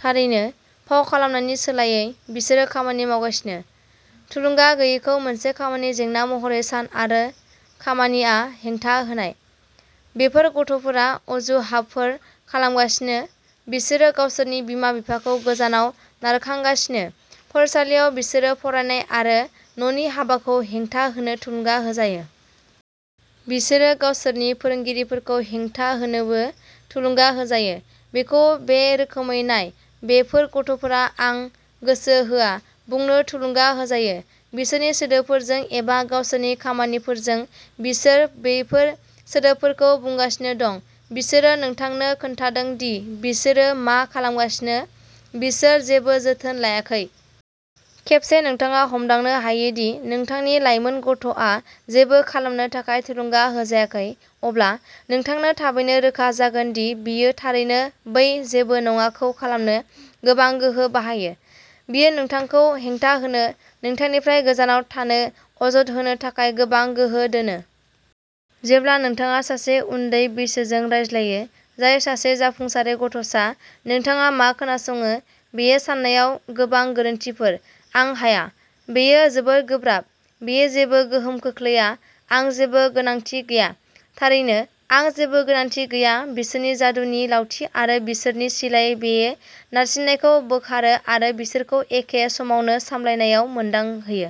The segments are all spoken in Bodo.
थारैनो, फाव खालामनायनि सोलायै, बिसोरो खामानि मावगासिनो। थुलुंगा गैयैखौ मोनसे खामानि जेंना महरै सान-आरो खामानिआ हेंथा होनाय। बेफोर गथ'फोरा अजुहाबफोर खालामगासिनो; बिसोरो गावसोरनि बिमा-बिफाखौ गोजानाव नारखांगासिनो। फरायसालियाव, बिसोरो फरायनाय आरो न'नि हाबाखौ हेंथा होनो थुलुंगा होजायो। बिसोरो गावसोरनि फोरोंगिरिफोरखौ हेंथा होनोबो थुलुंगा होजायो। बेखौ बे रोखोमै नायः बेफोर गथ'फोरा "आं गोसो होआ" बुंनो थुलुंगा होजायो, बिसोरनि सोदोबफोरजों एबा गावसोरनि खामानिफोरजों। बिसोर बैफोर सोदोबफोरखौ बुंगासिनो दं; बिसोरो नोंथांनो खोन्थादों दि बिसोरो मा खालामगासिनो-बिसोर जेबो जोथोन लायाखै। खेबसे नोंथाङा हमदांनो हायो दि नोंथांनि लायमोन गथ'आ जेबो खालामनो थाखाय थुलुंगा होजायाखै, अब्ला नोंथांनो थाबैनो रोखा जागोन दि बियो थारैनो बै "जेबो नङा" खौ खालामनो गोबां गोहो बाहायो। बियो नोंथांखौ हेंथा होनो, नोंथांनिफ्राय गोजानाव थानो, अजद होनो थाखाय गोबां गोहो दोनो। जेब्ला नोंथाङा सासे उनदै बैसोजों रायज्लायो, जाय सासे जाफुंसारै गथ'सा, नोंथाङा मा खोनासङो, बेयो साननायाव गोबां गोरोन्थिफोर। "आं हाया; बेयो जोबोद गोब्राब; बेयो जेबो गोहोम खोख्लैया; आं जेबो गोनांथि गैया। " थारैनो, "आं जेबो गोनांथि गैया" बिसोरनि जादुनि लावथि आरो बिसोरनि सिलाइ-बेयो नारसिननायखौ बोखारो आरो बिसोरखौ एखे समावनो सामलायनायाव मोनदांहोयो।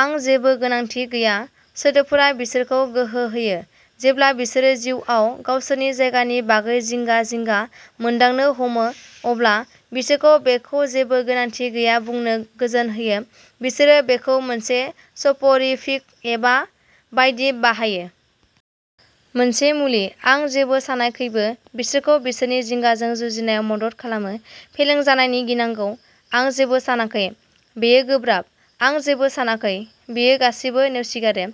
"आं जेबो गोनांथि गैया" सोदोबफोरा बिसोरखौ गोहो होयो। जेब्ला बिसोरो जिउआव गावसोरनि जायगानि बागै जिंगा-जिंगा मोनदांनो हमो, अब्ला बिसोरखौ बेखौ जेबो गोनांथि गैया बुंनो गोजोन होयो; बिसोरो बेखौ मोनसे स'प'रिफिक एबा बायदि बाहायो। मोनसे मुलि। "आं जेबो सानाखै" बो बिसोरखौ बिसोरनि जिंगाजों जुजिनायाव मदद खालामो। फेलें जानायनि गिनांगौ? "आं जेबो सानाखै। " बेयो गोब्राब? "आं जेबो सानाखै। " बेयो गासिबो नेवसिगारो।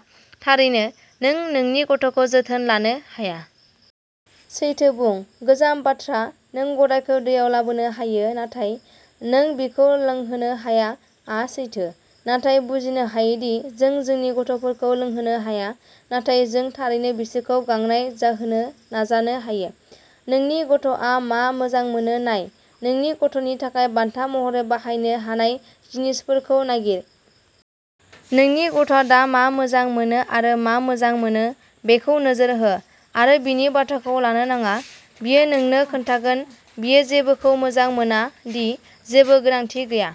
थारैनो, नों नोंनि गथ'खौ जोथोन लानो हाया। सैथो बुं, गोजाम बाथ्रा, "नों गरायखौ दैयाव लाबोनो हायो, नाथाय नों बिखौ लोंहोनो हाया" आ सैथो। नाथाय बुजिनो हायोदि जों जोंनि गथ'फोरखौ लोंहोनो हाया, नाथाय जों थारैनो बिसोरखौ गांनाय जाहोनो नाजानो हायो। नोंनि गथ'आ मा मोजां मोनो नायः नोंनि गथ'नि थाखाय बान्था महरै बाहायनो हानाय जिनिसफोरखौ नागिर। नोंनि गथ'आ दा मा मोजां मोनो आरो मा मोजां मोनो बेखौ नोजोर हो। आरो बिनि बाथ्राखौ लानो नाङा; बियो नोंनो खोन्थागोन बियो जेबोखौ मोजां मोना; दि "जेबो गोनांथि गैया।